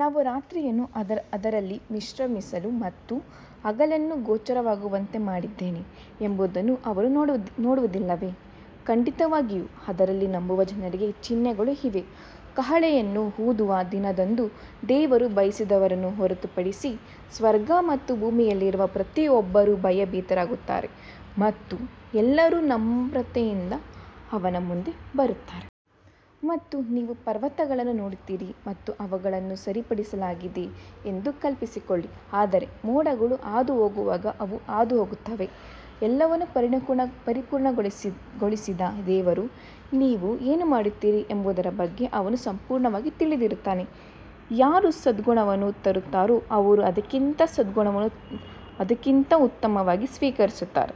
ನಾವು ರಾತ್ರಿಯನ್ನು ಅದರಲ್ಲಿ ವಿಶ್ರಮಿಸಲು ಮತ್ತು ಹಗಲನ್ನು ಗೋಚರವಾಗುವಂತೆ ಮಾಡಿದ್ದೇವೆ ಎಂಬುದನ್ನು ಅವರು ನೋಡುವುದಿಲ್ಲವೇ, ಖಂಡಿತವಾಗಿಯೂ ಅದರಲ್ಲಿ ನಂಬುವ ಜನರಿಗೆ ಚಿಹ್ನೆಗಳು ಇವೆ. ಕಹಳೆಯನ್ನು ಊದುವ ದಿನದಂದು, ದೇವರು ಬಯಸಿದವರನ್ನು ಹೊರತುಪಡಿಸಿ, ಸ್ವರ್ಗ ಮತ್ತು ಭೂಮಿಯಲ್ಲಿರುವ ಪ್ರತಿಯೊಬ್ಬರೂ ಭಯಭೀತರಾಗುತ್ತಾರೆ ಮತ್ತು ಎಲ್ಲರೂ ನಮ್ರತೆಯಿಂದ ಅವನ ಮುಂದೆ ಬರುತ್ತಾರೆ. ಮತ್ತು ನೀವು ಪರ್ವತಗಳನ್ನು ನೋಡುತ್ತೀರಿ ಮತ್ತು ಅವುಗಳನ್ನು ಸರಿಪಡಿಸಲಾಗಿದೆ ಎಂದು ಕಲ್ಪಿಸಿಕೊಳ್ಳಿ ಆದರೆ ಮೋಡಗಳು ಹಾದುಹೋಗುವಾಗ ಅವು ಹಾದುಹೋಗುತ್ತವೆ, ಎಲ್ಲವನ್ನೂ ಪರಿಪೂರ್ಣಗೊಳಿಸಿದ ದೇವರು ನೀವು ಏನು ಮಾಡುತ್ತೀರಿ ಎಂಬುದರ ಬಗ್ಗೆ ಅವನು ಸಂಪೂರ್ಣವಾಗಿ ತಿಳಿದಿರುತ್ತಾನೆ. ಯಾರು ಸದ್ಗುಣವನ್ನು ತರುತ್ತಾರೋ ಅವರು ಅದಕ್ಕಿಂತ ಉತ್ತಮವಾಗಿ ಸ್ವೀಕರಿಸುತ್ತಾರೆ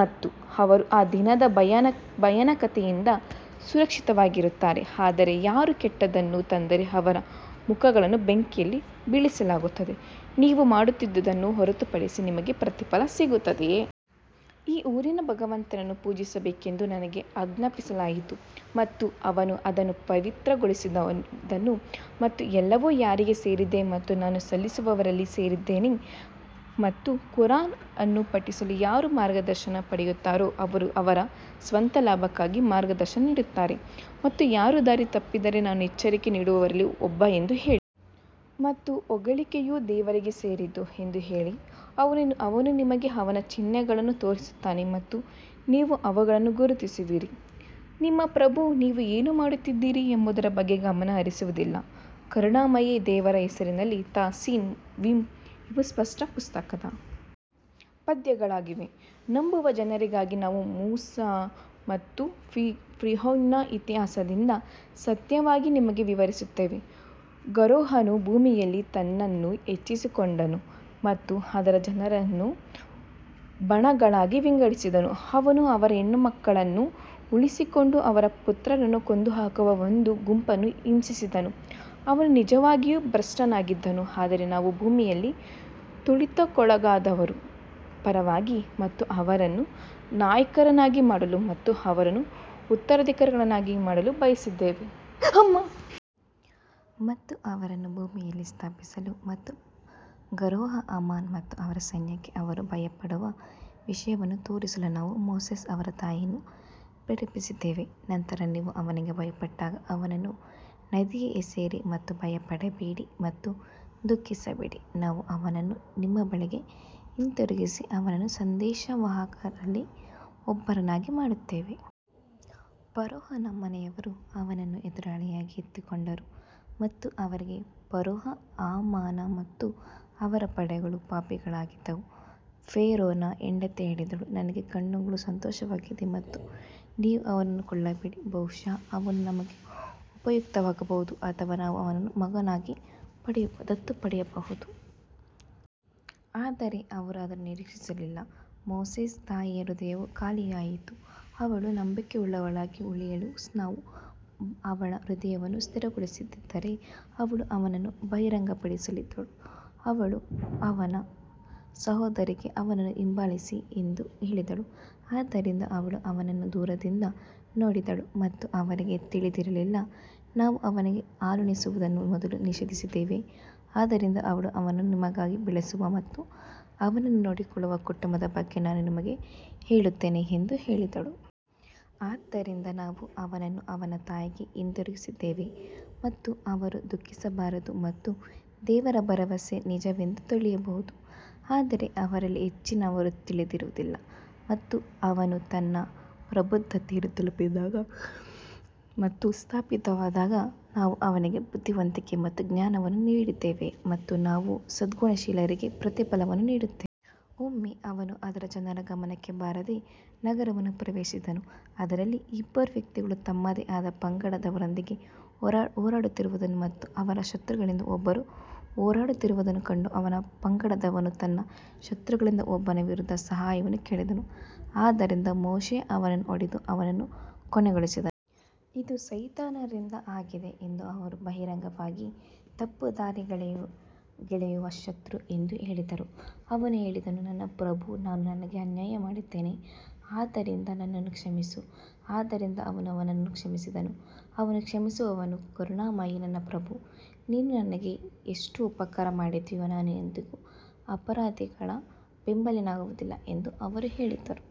ಮತ್ತು ಅವರು ಆ ದಿನದ ಭಯಾನಕತೆಯಿಂದ ಸುರಕ್ಷಿತವಾಗಿರುತ್ತಾರೆ ಆದರೆ ಯಾರು ಕೆಟ್ಟದ್ದನ್ನು ತಂದರೆ ಅವರ ಮುಖಗಳನ್ನು ಬೆಂಕಿಯಲ್ಲಿ ಬೀಳಿಸಲಾಗುತ್ತದೆ, ನೀವು ಮಾಡುತ್ತಿದ್ದುದನ್ನು ಹೊರತುಪಡಿಸಿ ನಿಮಗೆ ಪ್ರತಿಫಲ ಸಿಗುತ್ತದೆಯೇ? ಈ ಊರಿನ ಭಗವಂತನನ್ನು ಪೂಜಿಸಬೇಕೆಂದು ನನಗೆ ಆಜ್ಞಾಪಿಸಲಾಯಿತು ಮತ್ತು ಅವನು ಅದನ್ನು ಪವಿತ್ರಗೊಳಿಸಿದನು ಮತ್ತು ಎಲ್ಲವೂ ಯಾರಿಗೆ ಸೇರಿದೆ ಮತ್ತು ನಾನು ಸಲ್ಲಿಸುವವರಲ್ಲಿ ಸೇರಿದ್ದೇನೆ ಮತ್ತು ಖುರಾನ್ ಅನ್ನು ಪಠಿಸಲು ಯಾರು ಮಾರ್ಗದರ್ಶನ ಪಡೆಯುತ್ತಾರೋ ಅವರು ಅವರ ಸ್ವಂತ ಲಾಭಕ್ಕಾಗಿ ಮಾರ್ಗದರ್ಶನ ನೀಡುತ್ತಾರೆ ಮತ್ತು ಯಾರು ದಾರಿ ತಪ್ಪಿದರೆ ನಾನು ಎಚ್ಚರಿಕೆ ನೀಡುವವರಲ್ಲಿ ಒಬ್ಬ ಎಂದು ಹೇಳಿ. ಮತ್ತು ಹೊಗಳಿಕೆಯು ದೇವರಿಗೆ ಸೇರಿದ್ದು ಎಂದು ಹೇಳಿ, ಅವನು ನಿಮಗೆ ಅವನ ಚಿಹ್ನೆಗಳನ್ನು ತೋರಿಸುತ್ತಾನೆ ಮತ್ತು ನೀವು ಅವುಗಳನ್ನು ಗುರುತಿಸುವಿರಿ, ನಿಮ್ಮ ಪ್ರಭು ನೀವು ಏನು ಮಾಡುತ್ತಿದ್ದೀರಿ ಎಂಬುದರ ಬಗ್ಗೆ ಗಮನ ಹರಿಸುವುದಿಲ್ಲ. ಕರುಣಾಮಯಿ ದೇವರ ಹೆಸರಿನಲ್ಲಿ ತಾ ಸೀನ್ ಮೀಮ್ ಇವು ಸ್ಪಷ್ಟ ಪುಸ್ತಕದ ಪದ್ಯಗಳಾಗಿವೆ ನಂಬುವ ಜನರಿಗಾಗಿ ನಾವು ಮೂಸಾ ಮತ್ತು ಫಿರ್ಔನ್ನ ಇತಿಹಾಸದಿಂದ ಸತ್ಯವಾಗಿ ನಿಮಗೆ ವಿವರಿಸುತ್ತೇವೆ ಫರೋಹನು ಭೂಮಿಯಲ್ಲಿ ತನ್ನನ್ನು ಹೆಚ್ಚಿಸಿಕೊಂಡನು ಮತ್ತು ಅದರ ಜನರನ್ನು ಬಣಗಳಾಗಿ ವಿಂಗಡಿಸಿದನು ಅವನು ಅವರ ಹೆಣ್ಣುಮಕ್ಕಳನ್ನು ಉಳಿಸಿಕೊಂಡು ಅವರ ಪುತ್ರರನ್ನು ಕೊಂದುಹಾಕುವ ಒಂದು ಗುಂಪನ್ನು ಹಿಂಸಿಸಿದನು ಅವನು ನಿಜವಾಗಿಯೂ ಭ್ರಷ್ಟನಾಗಿದ್ದನು ಆದರೆ ನಾವು ಭೂಮಿಯಲ್ಲಿ ತುಳಿತಕ್ಕೊಳಗಾದವರ ಪರವಾಗಿ ಮತ್ತು ಅವರನ್ನು ನಾಯಕರನ್ನಾಗಿ ಮಾಡಲು ಮತ್ತು ಅವರನ್ನು ಉತ್ತರಾಧಿಕಾರಿಗಳನ್ನಾಗಿ ಮಾಡಲು ಬಯಸಿದ್ದೇವೆ. ಮತ್ತು ಅವರನ್ನು ಭೂಮಿಯಲ್ಲಿ ಸ್ಥಾಪಿಸಲು ಮತ್ತು ಫರೋಹ ಹಮಾನ್ ಮತ್ತು ಅವರ ಸೈನ್ಯಕ್ಕೆ ಅವರು ಭಯಪಡುವ ವಿಷಯವನ್ನು ತೋರಿಸಲು ನಾವು ಮೋಸೆಸ್ ಅವರ ತಾಯಿಯನ್ನು ಪ್ರೇರೇಪಿಸಿದ್ದೇವೆ, ನಂತರ ನೀವು ಅವನಿಗೆ ಭಯಪಟ್ಟಾಗ ಅವನನ್ನು ನದಿಗೆ ಎಸೆಯಿರಿ ಮತ್ತು ಭಯಪಡಬೇಡಿ ಮತ್ತು ದುಃಖಿಸಬೇಡಿ ನಾವು ಅವನನ್ನು ನಿಮ್ಮ ಬಳಿಗೆ ಹಿಂತಿರುಗಿಸಿ ಅವನನ್ನು ಸಂದೇಶವಾಹಕರಲ್ಲಿ ಒಬ್ಬರನ್ನಾಗಿ ಮಾಡುತ್ತೇವೆ. ಫರೋಹನ ಮನೆಯವರು ಅವನನ್ನು ಎದುರಾಳಿಯಾಗಿ ಎತ್ತಿಕೊಂಡರು ಮತ್ತು ಅವರಿಗೆ ಫರೋಹ ಹಾಮಾನ ಮತ್ತು ಅವರ ಪಡೆಗಳು ಪಾಪಿಗಳಾಗಿದ್ದವು ಫೇರೋನ ಹೆಂಡತಿ ಹೇಳಿದಳು ನನಗೆ ಕಣ್ಣುಗಳು ಸಂತೋಷವಾಗಿದೆ ಮತ್ತು ನೀವು ಅವನನ್ನು ಕೊಲ್ಲಬೇಡಿ ಬಹುಶಃ ಅವನು ನಮಗೆ ಉಪಯುಕ್ತವಾಗಬಹುದು ಅಥವಾ ನಾವು ಅವನನ್ನು ಮಗನಾಗಿ ದತ್ತು ಪಡೆಯಬಹುದು ಆದರೆ ಅವರು ಅದನ್ನು ನಿರೀಕ್ಷಿಸಲಿಲ್ಲ ಮೋಸೆಸ್ ತಾಯಿಯ ಹೃದಯವು ಖಾಲಿಯಾಯಿತು, ಅವಳು ನಂಬಿಕೆಯುಳ್ಳವಳಾಗಿ ಉಳಿಯಲು ನಾವು ಅವಳ ಹೃದಯವನ್ನು ಸ್ಥಿರಗೊಳಿಸದಿದ್ದರೆ ಅವಳು ಅವನನ್ನು ಬಹಿರಂಗಪಡಿಸಲಿದ್ದಳು ಅವಳು ಅವನ ಸಹೋದರಿಗೆ ಅವನನ್ನು ಹಿಂಬಾಲಿಸಿ ಎಂದು ಹೇಳಿದಳು ಆದ್ದರಿಂದ ಅವಳು ಅವನನ್ನು ದೂರದಿಂದ ನೋಡಿದಳು ಮತ್ತು ಅವರಿಗೆ ತಿಳಿದಿರಲಿಲ್ಲ ನಾವು ಅವನಿಗೆ ಹಾಲುಣಿಸುವುದನ್ನು ಮೊದಲು ನಿಷೇಧಿಸಿದ್ದೇವೆ ಆದ್ದರಿಂದ ಅವಳು ಅವನನ್ನು ನಿಮಗಾಗಿ ಬೆಳೆಸುವ ಮತ್ತು ಅವನನ್ನು ನೋಡಿಕೊಳ್ಳುವ ಕುಟುಂಬದ ಬಗ್ಗೆ ನಾನು ನಿಮಗೆ ಹೇಳುತ್ತೇನೆ ಎಂದು ಹೇಳಿದಳು. ಆದ್ದರಿಂದ ನಾವು ಅವನನ್ನು ಅವನ ತಾಯಿಗೆ ಹಿಂದಿರುಗಿಸಿದ್ದೇವೆ ಮತ್ತು ಅವರು ದುಃಖಿಸಬಾರದು ಮತ್ತು ದೇವರ ಭರವಸೆ ನಿಜವೆಂದು ತಿಳಿಯಬಹುದು ಆದರೆ ಅವರಲ್ಲಿ ಹೆಚ್ಚಿನವರು ತಿಳಿದಿರುವುದಿಲ್ಲ. ಮತ್ತು ಅವನು ತನ್ನ ಪ್ರಬುದ್ಧತೆಯನ್ನು ತಲುಪಿದಾಗ ಮತ್ತು ಸ್ಥಾಪಿತವಾದಾಗ ನಾವು ಅವನಿಗೆ ಬುದ್ಧಿವಂತಿಕೆ ಮತ್ತು ಜ್ಞಾನವನ್ನು ನೀಡಿದ್ದೇವೆ ಮತ್ತು ನಾವು ಸದ್ಗುಣಶೀಲರಿಗೆ ಪ್ರತಿಫಲವನ್ನು ನೀಡುತ್ತೇವೆ. ಒಮ್ಮೆ ಅವನು ಅದರ ಜನರ ಗಮನಕ್ಕೆ ಬಾರದೆ ನಗರವನ್ನು ಪ್ರವೇಶಿಸಿದನು, ಅದರಲ್ಲಿ ಇಬ್ಬರು ವ್ಯಕ್ತಿಗಳು ತಮ್ಮದೇ ಆದ ಪಂಗಡದವರೊಂದಿಗೆ ಹೋರಾಡುತ್ತಿರುವುದನ್ನು ಮತ್ತು ಅವರ ಶತ್ರುಗಳಿಂದ ಒಬ್ಬರು ಹೋರಾಡುತ್ತಿರುವುದನ್ನು ಕಂಡು ಅವನ ಪಂಗಡದವನು ತನ್ನ ಶತ್ರುಗಳಿಂದ ಒಬ್ಬನ ವಿರುದ್ಧ ಸಹಾಯವನ್ನು ಕೇಳಿದನು, ಆದ್ದರಿಂದ ಮೋಶೆ ಅವನನ್ನು ಹೊಡೆದು ಅವನನ್ನು ಕೊನೆಗೊಳಿಸಿದನು. ಇದು ಸೈತಾನರಿಂದ ಆಗಿದೆ ಎಂದು ಅವರು ಬಹಿರಂಗವಾಗಿ ತಪ್ಪುದಾರಿಗೆಳೆಯುವ ಶತ್ರು ಎಂದು ಹೇಳಿದರು ಅವನು ಹೇಳಿದನು ನನ್ನ ಪ್ರಭೂ ನಾನು ನನಗೆ ಅನ್ಯಾಯ ಮಾಡಿದ್ದೇನೆ ಆದ್ದರಿಂದ ನನ್ನನ್ನು ಕ್ಷಮಿಸು ಆದ್ದರಿಂದ ಅವನು ಅವನನ್ನು ಕ್ಷಮಿಸಿದನು ಅವನು ಕ್ಷಮಿಸುವವನು ಕರುಣಾಮಯಿ ನನ್ನ ಪ್ರಭು, ನೀನು ನನಗೆ ಎಷ್ಟು ಉಪಕಾರ ಮಾಡಿದೀಯೋ, ನಾನು ಎಂದಿಗೂ ಅಪರಾಧಿಗಳ ಬೆಂಬಲಿಗನಾಗುವುದಿಲ್ಲ ಎಂದು ಅವರು ಹೇಳಿದರು.